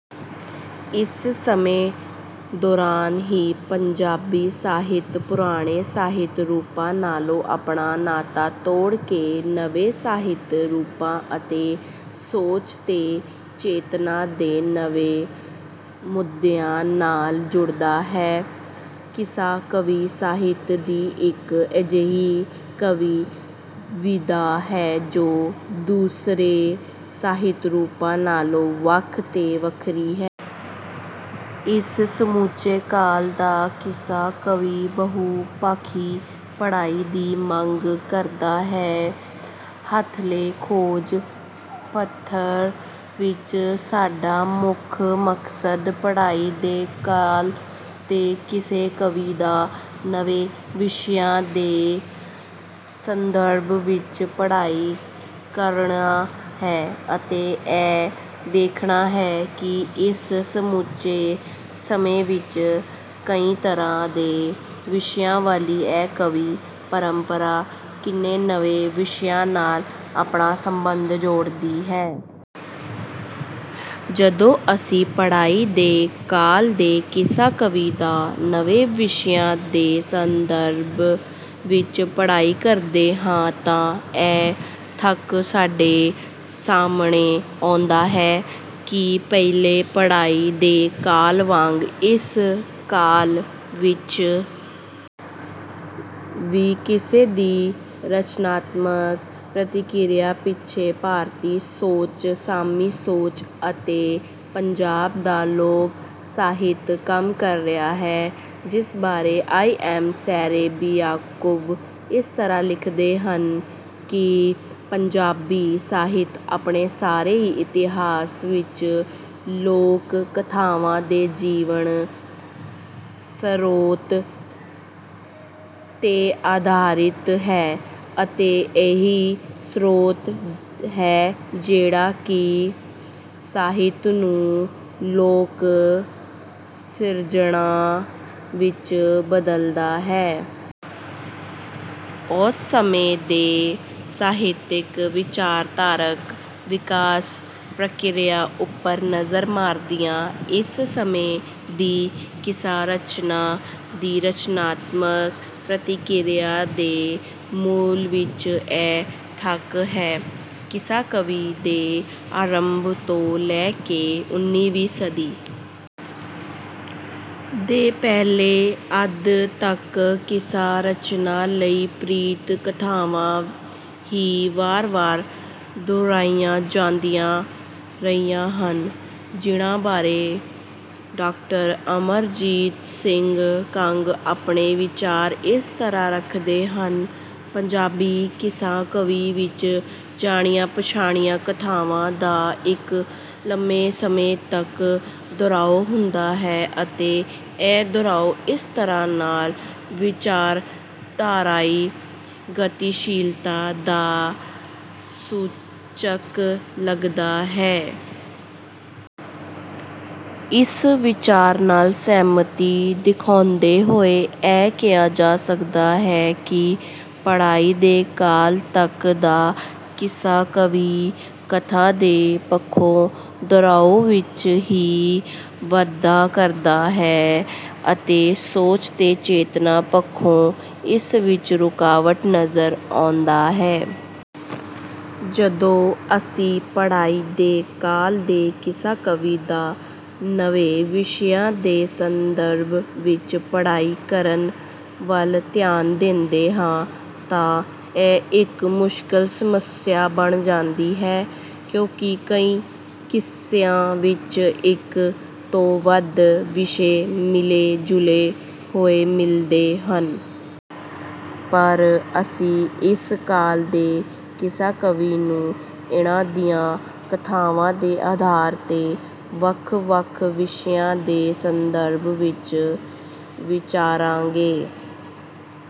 ਇਸ ਸਮੇਂ ਦੌਰਾਨ ਹੀ ਪੰਜਾਬੀ ਸਾਹਿਤ ਪੁਰਾਣੇ ਸਾਹਿਤ ਰੂਪਾਂ ਨਾਲੋਂ ਆਪਣਾ ਨਾਤਾ ਤੋੜ ਕੇ ਨਵੇਂ ਸਾਹਿਤ ਰੂਪਾਂ ਅਤੇ ਸੋਚ ਤੇ ਚੇਤਨਾ ਦੇ ਨਵੇਂ ਮੁੱਦਿਆਂ ਨਾਲ ਜੁੜਦਾ ਹੈ। ਕਿੱਸਾ ਕਾਵਿ ਸਾਹਿਤ ਦੀ ਇੱਕ ਅਜਿਹੀ ਕਾਵਿ ਵਿਧਾ ਹੈ ਜੋ ਦੂਸਰੇ ਸਾਹਿਤ ਰੂਪਾਂ ਨਾਲੋਂ ਵੱਖ ਤੇ ਵੱਖਰੀ ਹੈ। ਇਸ ਸਮੁੱਚੇ ਕਾਲ ਦਾ ਕਿੱਸਾ ਕਾਵਿ ਬਹੁ ਪੱਖੀ ਪੜ੍ਹਾਈ ਦੀ ਮੰਗ ਕਰਦਾ ਹੈ। ਹੱਥਲੇ ਖੋਜ ਪੱਤਰ ਵਿੱਚ ਸਾਡਾ ਮੁੱਖ ਮਕਸਦ ਪੜ੍ਹਾਈ ਦੇ ਕਾਲ ਦੇ ਕਿੱਸਾ ਕਾਵਿ ਦਾ ਨਵੇਂ ਵਿਸ਼ਿਆਂ ਦੇ ਸੰਦਰਭ ਵਿੱਚ ਪੜ੍ਹਾਈ ਕਰਨਾ ਹੈ ਅਤੇ ਇਹ ਵੇਖਣਾ ਹੈ ਕਿ ਇਸ ਸਮੁੱਚੇ ਸਮੇਂ ਵਿੱਚ ਕਈ ਤਰ੍ਹਾਂ ਦੇ ਵਿਸ਼ਿਆਂ ਵਾਲੀ ਇਹ ਕਾਵਿ ਪਰੰਪਰਾ ਕਿੰਨੇ ਨਵੇਂ ਵਿਸ਼ਿਆਂ ਨਾਲ ਆਪਣਾ ਸਬੰਧ ਜੋੜਦੀ ਹੈ। ਜਦੋਂ ਅਸੀਂ ਪੜ੍ਹਾਈ ਦੇ ਕਾਲ ਦੇ ਕਿੱਸਾ ਕਾਵਿ ਦਾ ਨਵੇਂ ਵਿਸ਼ਿਆਂ ਦੇ ਸੰਦਰਭ ਵਿੱਚ ਪੜ੍ਹਾਈ ਕਰਦੇ ਹਾਂ ਤਾਂ ਇਹ ਤੱਥ ਸਾਡੇ ਸਾਹਮਣੇ ਆਉਂਦਾ ਹੈ ਕਿ ਪਹਿਲੇ ਪੜ੍ਹਾਈ ਦੇ ਕਾਲ ਵਾਂਗ ਇਸ ਕਾਲ ਵਿੱਚ ਵੀ ਕਿੱਸੇ ਦੀ ਰਚਨਾਤਮਕ ਪ੍ਰਤੀਕਿਰਿਆ ਪਿੱਛੇ ਭਾਰਤੀ ਸੋਚ ਸਾਮੀ ਸੋਚ ਅਤੇ ਪੰਜਾਬ ਦਾ ਲੋਕ ਸਾਹਿਤ ਕੰਮ ਕਰ ਰਿਹਾ ਹੈ ਜਿਸ ਬਾਰੇ ਆਈ ਐਮ ਸੇਰੇਬ੍ਰਿਆਕੋਵ ਇਸ ਤਰ੍ਹਾਂ ਲਿਖਦੇ ਹਨ ਕਿ ਪੰਜਾਬੀ ਸਾਹਿਤ ਆਪਣੇ ਸਾਰੇ ਹੀ ਇਤਿਹਾਸ ਵਿੱਚ ਲੋਕ ਕਥਾਵਾਂ ਦੇ ਜੀਵਨ ਸਰੋਤ ਤੇ ਆਧਾਰਿਤ ਹੈ ਅਤੇ ਇਹੀ ਸਰੋਤ ਹੈ ਜਿਹੜਾ ਕਿ ਸਾਹਿਤ ਨੂੰ ਲੋਕ ਸਿਰਜਣਾ ਵਿੱਚ ਬਦਲਦਾ ਹੈ। ਉਸ ਸਮੇਂ ਦੇ ਸਾਹਿਤਿਕ ਵਿਚਾਰਧਾਰਕ ਵਿਕਾਸ ਪ੍ਰਕਿਰਿਆ ਉੱਪਰ ਨਜ਼ਰ ਮਾਰਦਿਆਂ ਇਸ ਸਮੇਂ ਦੀ ਕਿੱਸਾ ਰਚਨਾ ਦੀ ਰਚਨਾਤਮਕ ਪ੍ਰਤੀਕਿਰਿਆ ਦੇ ਮੂਲ ਵਿੱਚ ਇਹ ਤੱਥ ਹੈ। ਕਿੱਸਾ ਕਾਵਿ ਦੇ ਆਰੰਭ ਤੋਂ ਲੈ ਕੇ ਉਨ੍ਹੀਵੀਂ ਸਦੀ ਦੇ ਪਹਿਲੇ ਅੱਧ ਤੱਕ ਕਿੱਸਾ ਰਚਨਾ ਲਈ ਪ੍ਰੀਤ ਕਥਾਵਾਂ ਹੀ ਵਾਰ ਵਾਰ ਦੁਹਰਾਈਆਂ ਜਾਂਦੀਆਂ ਰਹੀਆਂ ਹਨ ਜਿਹਨਾਂ ਬਾਰੇ ਡਾ ਅਮਰਜੀਤ ਸਿੰਘ ਕਾਂਗ ਆਪਣੇ ਵਿਚਾਰ ਇਸ ਤਰ੍ਹਾਂ ਰੱਖਦੇ ਹਨ ਪੰਜਾਬੀ ਕਿੱਸਾ ਕਾਵਿ ਵਿੱਚ ਜਾਣੀਆਂ ਪਛਾਣੀਆਂ ਕਥਾਵਾਂ ਦਾ ਇੱਕ ਲੰਮੇ ਸਮੇਂ ਤੱਕ ਦੁਹਰਾਉ ਹੁੰਦਾ ਹੈ ਅਤੇ ਇਹ ਦੁਹਰਾਉ ਇਸ ਤਰ੍ਹਾਂ ਨਾਲ ਵਿਚਾਰਧਾਰਾਈ ਗਤੀਸ਼ੀਲਤਾ ਦਾ ਸੂਚਕ ਲੱਗਦਾ ਹੈ। ਇਸ ਵਿਚਾਰ ਨਾਲ ਸਹਿਮਤੀ ਦਿਖਾਉਂਦੇ ਹੋਏ ਇਹ ਕਿਹਾ ਜਾ ਸਕਦਾ ਹੈ ਕਿ ਪੜ੍ਹਾਈ ਦੇ ਕਾਲ ਤੱਕ ਦਾ ਕਿੱਸਾ ਕਾਵਿ ਕਥਾ ਦੇ ਪੱਖੋਂ ਦੁਹਰਾਉ ਵਿੱਚ ਹੀ ਵਾਧਾ ਕਰਦਾ ਹੈ ਅਤੇ ਸੋਚ ਤੇ ਚੇਤਨਾ ਪੱਖੋਂ ਇਸ ਵਿੱਚ ਰੁਕਾਵਟ ਨਜ਼ਰ ਆਉਂਦਾ ਹੈ। ਜਦੋਂ ਅਸੀਂ ਪੜ੍ਹਾਈ ਦੇ ਕਾਲ ਦੇ ਕਿੱਸਾ ਕਾਵਿ ਦਾ ਨਵੇਂ ਵਿਸ਼ਿਆਂ ਦੇ ਸੰਦਰਭ ਵਿੱਚ ਪੜ੍ਹਾਈ ਕਰਨ ਵੱਲ ਧਿਆਨ ਦਿੰਦੇ ਹਾਂ ਤਾਂ ਇਹ ਇੱਕ ਮੁਸ਼ਕਲ ਸਮੱਸਿਆ ਬਣ ਜਾਂਦੀ ਹੈ ਕਿਉਂਕਿ ਕਈ ਕਿੱਸਿਆਂ ਵਿੱਚ ਇੱਕ ਤੋਂ ਵੱਧ ਵਿਸ਼ੇ ਮਿਲੇ ਜੁਲੇ ਹੋਏ ਮਿਲਦੇ ਹਨ। ਪਰ ਅਸੀਂ ਇਸ ਕਾਲ ਦੇ ਕਿੱਸਾ ਕਾਵਿ ਨੂੰ ਇਨ੍ਹਾਂ ਦੀਆਂ ਕਥਾਵਾਂ ਦੇ ਆਧਾਰ ਤੇ ਵੱਖ ਵੱਖ ਵਿਸ਼ਿਆਂ ਦੇ ਸੰਦਰਭ ਵਿੱਚ ਵਿਚਾਰਾਂਗੇ।